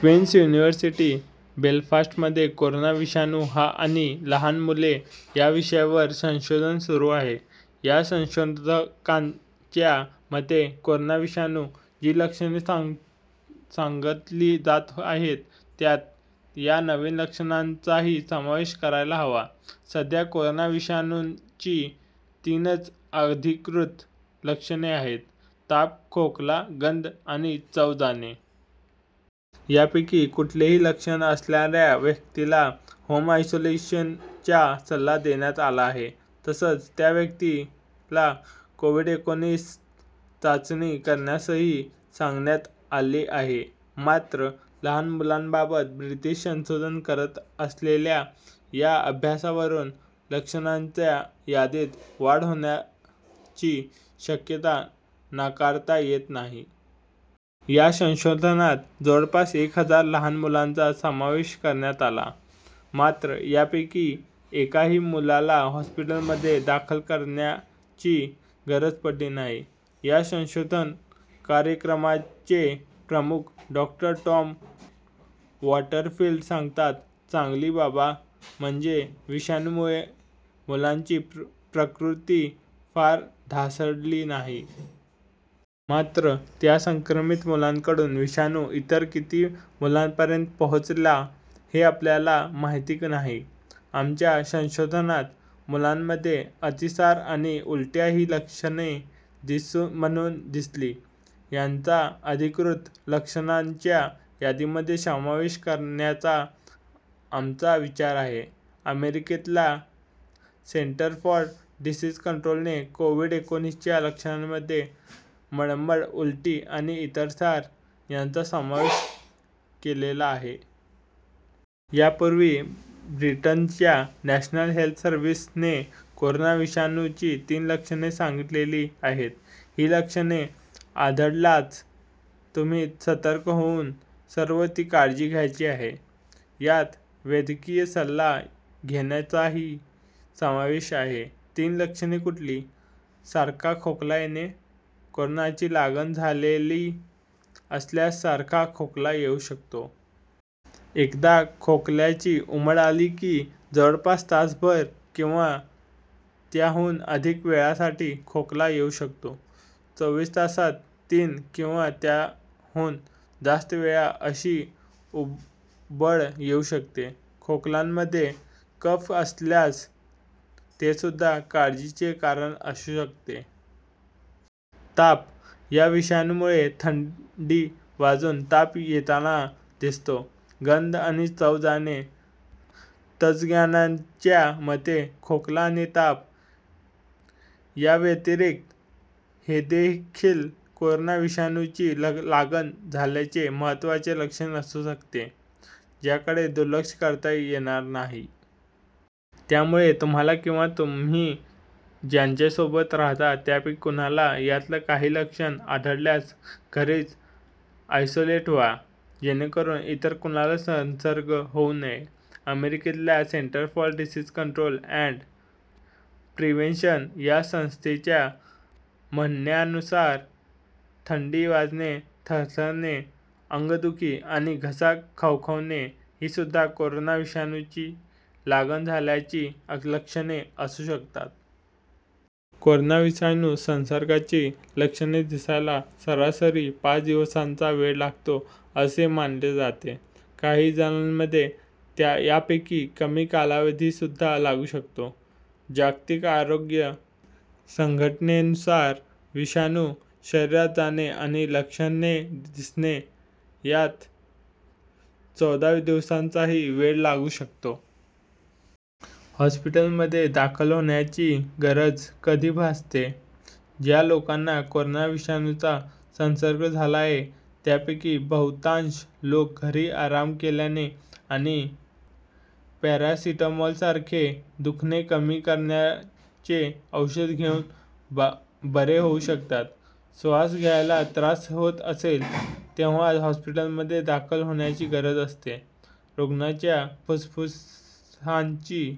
Quince university बेलफास्टमध्ये corona विषाणू आणि लहान मुले या विषयावर संशोधन सुरू आहे. या संशोधकांच्या मते कोरोना विषाणूची जी लक्षणे सांगितली जात आहेत त्यात या नवीन लक्षणांचाही समावेश करायला हवा. सध्या कोरोना विषाणूची तीनच अधिकृत लक्षणे आहेत - ताप, खोकला, गंध आणि चव जाणे. यापैकी कुठलेही लक्षण असणाऱ्या व्यक्तीला होम आयसोलेशनचा सल्ला देण्यात आला आहे. तसंच त्या व्यक्तीला कोव्हिड-एकोणीस चाचणी करण्यासही सांगण्यात आले आहे. मात्र, लहान मुलांबाबत ब्रिटिश संशोधक करत असलेल्या या अभ्यासावरून लक्षणांच्या यादीत वाढ होण्याची शक्यता नाकारता येत नाही. या संशोधनात जवळपास एक हजार लहान मुलांचा समावेश करण्यात आला. मात्र, यापैकी एकाही मुलाला हॉस्पिटलमध्ये दाखल करण्याची गरज पडली नाही. या संशोधन कार्यक्रमाचे प्रमुख डॉ. टॉम वॉटरफिल्ड सांगतात, "चांगली बाब म्हणजे विषाणूमुळे मुलांची प्रकृती फार ढासळली नाही. मात्र, त्या संक्रमित मुलांकडून विषाणू इतर किती मुलांपर्यंत पोहोचला, हे आपल्याला माहिती नाही. आमच्या संशोधनात मुलांमध्ये अतिसार आणि उलट्या ही लक्षणे म्हणून दिसली. यांचा अधिकृत लक्षणांच्या यादीमध्ये समावेश करण्याचा आमचा विचार आहे." अमेरिकेतल्या सेंटर फॉर डिसीज कंट्रोलने कोव्हिड-एकोणीसच्या लक्षणांमध्ये मळमळ, उलटी आणि अतिसार यांचा समावेश केलेला आहे. यापूर्वी ब्रिटनच्या नॅशनल हेल्थ सर्विसने कोरोना विषाणूची तीन लक्षणे सांगितलेली आहेत. ही लक्षणे आढळताच तुम्ही सतर्क होऊन सर्व ती काळजी घ्यायची आहे. यात वैद्यकीय सल्ला घेण्याचाही समावेश आहे. तीन लक्षणे कुठली? सारखा खोकला येणे - कोरोनाची लागण झालेली असल्यास सारखा खोकला येऊ शकतो. एकदा खोकल्याची उबळ आली की, जवळपास तासभर किंवा त्याहून अधिक वेळेसाठी खोकला येऊ शकतो. चोवीस तासांत तीन किंवा त्याहून जास्त वेळा अशी उबळ येऊ शकते. खोकल्यामध्ये कफ असल्यास तेसुद्धा काळजीचे कारण असू शकते. ताप - या विषाणूमुळे थंडी वाजून ताप येताना दिसतो. गंध आणि चव जाणे - तज्ज्ञांच्या मते खोकला आणि ताप याव्यतिरिक्त हेदेखील कोरोना विषाणूची लागण झाल्याचे महत्त्वाचे लक्षण असू शकते, ज्याकडे दुर्लक्ष करता येणार नाही. त्यामुळे तुम्हाला किंवा तुम्ही ज्यांच्यासोबत राहता त्यापैकी कुणाला यातलं एकही लक्षण आढळल्यास घरीच आयसोलेट व्हा, जेणेकरून इतर कुणाला संसर्ग होऊ नये. अमेरिकेतल्या centre for disease control and prevention या संस्थेच्या म्हणण्यानुसार थंडी वाजणे, थरथरणे, अंगदुखी आणि घसा खवखवणे हीसुद्धा कोरोना विषाणूची लागण झाल्याची लक्षणे असू शकतात. कोरोना विषाणू संसर्गाची लक्षणे दिसायला सरासरी पाच दिवसांचा वेळ लागतो, असे मानले जाते. काही जणांमध्ये यापेक्षा कमी कालावधीसुद्धा लागू शकतो. जागतिक आरोग्य संघटनेनुसार विषाणू शरीरात जाणे आणि लक्षणे दिसणे, यात चौदा दिवसांचाही वेळ लागू शकतो. हॉस्पिटलमध्ये दाखल होण्याची गरज कधी भासते? ज्या लोकांना कोरोना विषाणूचा संसर्ग झाला आहे त्यापैकी बहुतांश लोक घरी आराम केल्याने आणि पॅरासिटॅमॉलसारखे दुखणे कमी करण्याचे औषध घेऊन बरे होऊ शकतात. श्वास घ्यायला त्रास होत असेल तेव्हाच हॉस्पिटलमध्ये दाखल होण्याची गरज असते. रुग्णाच्या फुफ्फुसांची